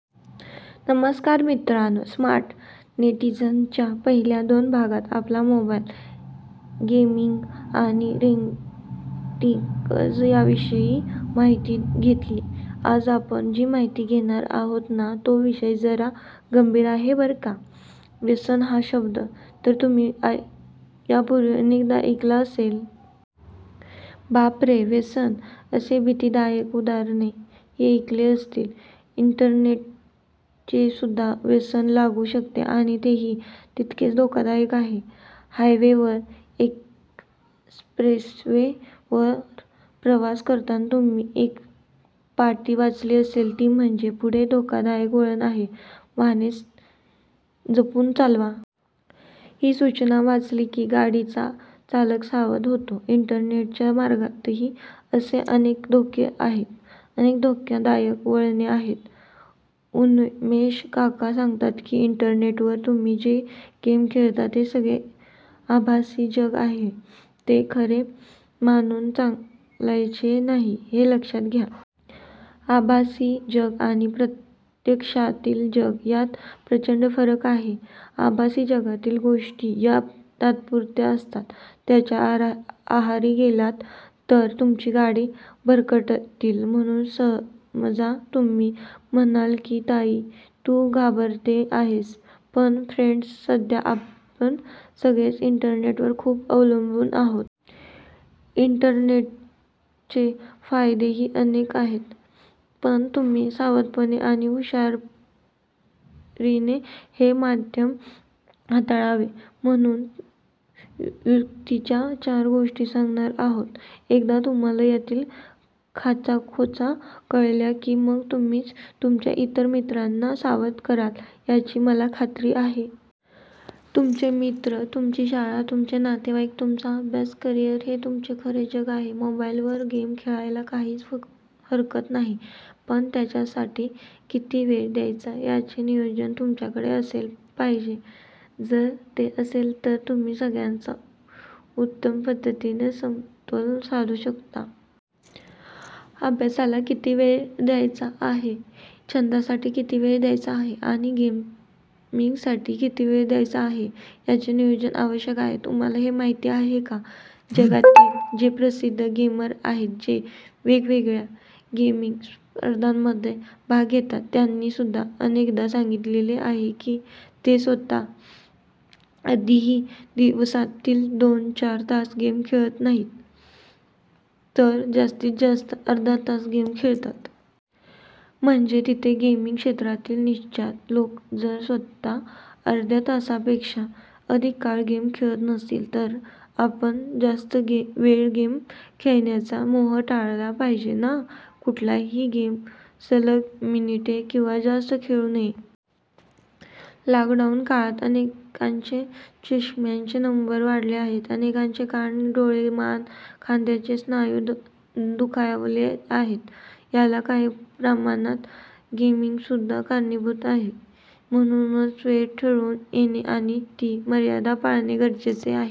नमस्कार मित्रांनो, 'स्मार्ट नेटिझन'च्या पहिल्या दोन भागात आपण मोबाइल गेमिंग आणि रेटिंग्ज याविषयी माहिती घेतली. आज आपण जी माहिती घेणार आहोत ना, तो विषय जरा गंभीर आहे बरं का! 'व्यसन' हा शब्द तर तुम्ही यापूर्वी अनेकदा ऐकला असेल. 'बापरे! व्यसन? ' असे भीतिदायक उद्गारही ऐकले असतील. इंटरनेटचेसुद्धा व्यसन लागू शकते आणि तेही तितकेच धोकादायक आहे. हायवे-वर, एक्स्प्रेसवे-वर प्रवास करताना तुम्ही एक पाटी वाचली असेल ती म्हणजे, 'पुढे धोकादायक वळण आहे, वाहने जपून चालवा. ' ही सूचना वाचली की, गाडीचा चालक सावध होतो. इंटरनेटच्या मार्गातही असे अनेक धोके आहेत, अनेक धोकादायक वळणे आहेत. उन्मेष काका सांगतात की, इंटरनेटवर तुम्ही जे गेम खेळता ते सगळे आभासी जग आहे, ते खरे मानून चालायचे नाही- हे लक्षात घ्या. आभासी जग आणि प्रत्यक्षातील जग यात प्रचंड फरक आहे. आभासी जगातील गोष्टी या तात्पुरत्या असतात. त्याच्या आहारी गेलात तर तुमची गाडी भरकटली म्हणून समजा! तुम्ही म्हणाल की, ताई तू घाबरवते आहेस. पण फ्रेण्ड्स, सध्या आपण सगळेच इंटरनेटवर खूप अवलंबून आहोत. इंटरनेटचे फायदेही अनेक आहेत. पण तुम्ही सावधपणे आणि हुशारीने हे माध्यम हाताळावे म्हणून युक्तीच्या चार गोष्टी सांगणार आहोत. एकदा तुम्हांला यातील खाचाखोचा कळल्या की, मग तुम्हीच तुमच्या इतर मित्रांना सावध कराल, याची मला खात्री आहे. तुमचे मित्र, तुमची शाळा, तुमचे नातेवाइक, तुमचा अभ्यास, करिअर हे तुमचे खरे जग आहे. मोबाइलवर गेम खेळायला काहीच हरकत नाही पण त्याच्यासाठी किती वेळ द्यायचा याचे नियोजन तुमच्याकडे असले पाहिजे. जर ते असेल तर तुम्ही सगळ्याचा उत्तम पद्धतीने समतोल साधू शकता. अभ्यासाला किती वेळ द्यायचा आहे, छंदासाठी किती वेळ द्यायचा आहे आणि गेमिंगसाठी किती वेळ द्यायचा आहे याचे नियोजन आवश्यक आहे. तुम्हांला हे माहिती आहे का, जगातील जे प्रसिद्ध गेमर आहेत, जे वेगवेगळ्या गेमिंग स्पर्धांमध्ये भाग घेतात, त्यांनीसुद्धा अनेकदा सांगितलेले आहे की, ते स्वतः कधीही दिवसातील दोन-चार तास गेम खेळत नाहीत, तर जास्तीतजास्त अर्धा तास गेम खेळतात. म्हणजे जिथे गेमिंग क्षेत्रातील निष्णात लोक जर स्वतः अर्ध्या तासापेक्षा अधिक काळ गेम खेळत नसतील तर आपण जास्त वेळ गेम खेळण्याचा मोह टाळला पाहिजे ना! कुठलाही गेम सलग मिनिटे किंवा जास्त खेळू नये. लॉकडाऊन काळात अनेकांचे चष्म्याचे नंबर वाढले आहेत. अनेकांचे कान, डोळे, मान, खांद्याचे स्नायू दुखावले आहेत. याला काही प्रमाणात गेमिंगसुद्धा कारणीभूत आहे. म्हणूनच वेळ ठरवून घेणे आणि ती मर्यादा पाळणे गरजेचे आहे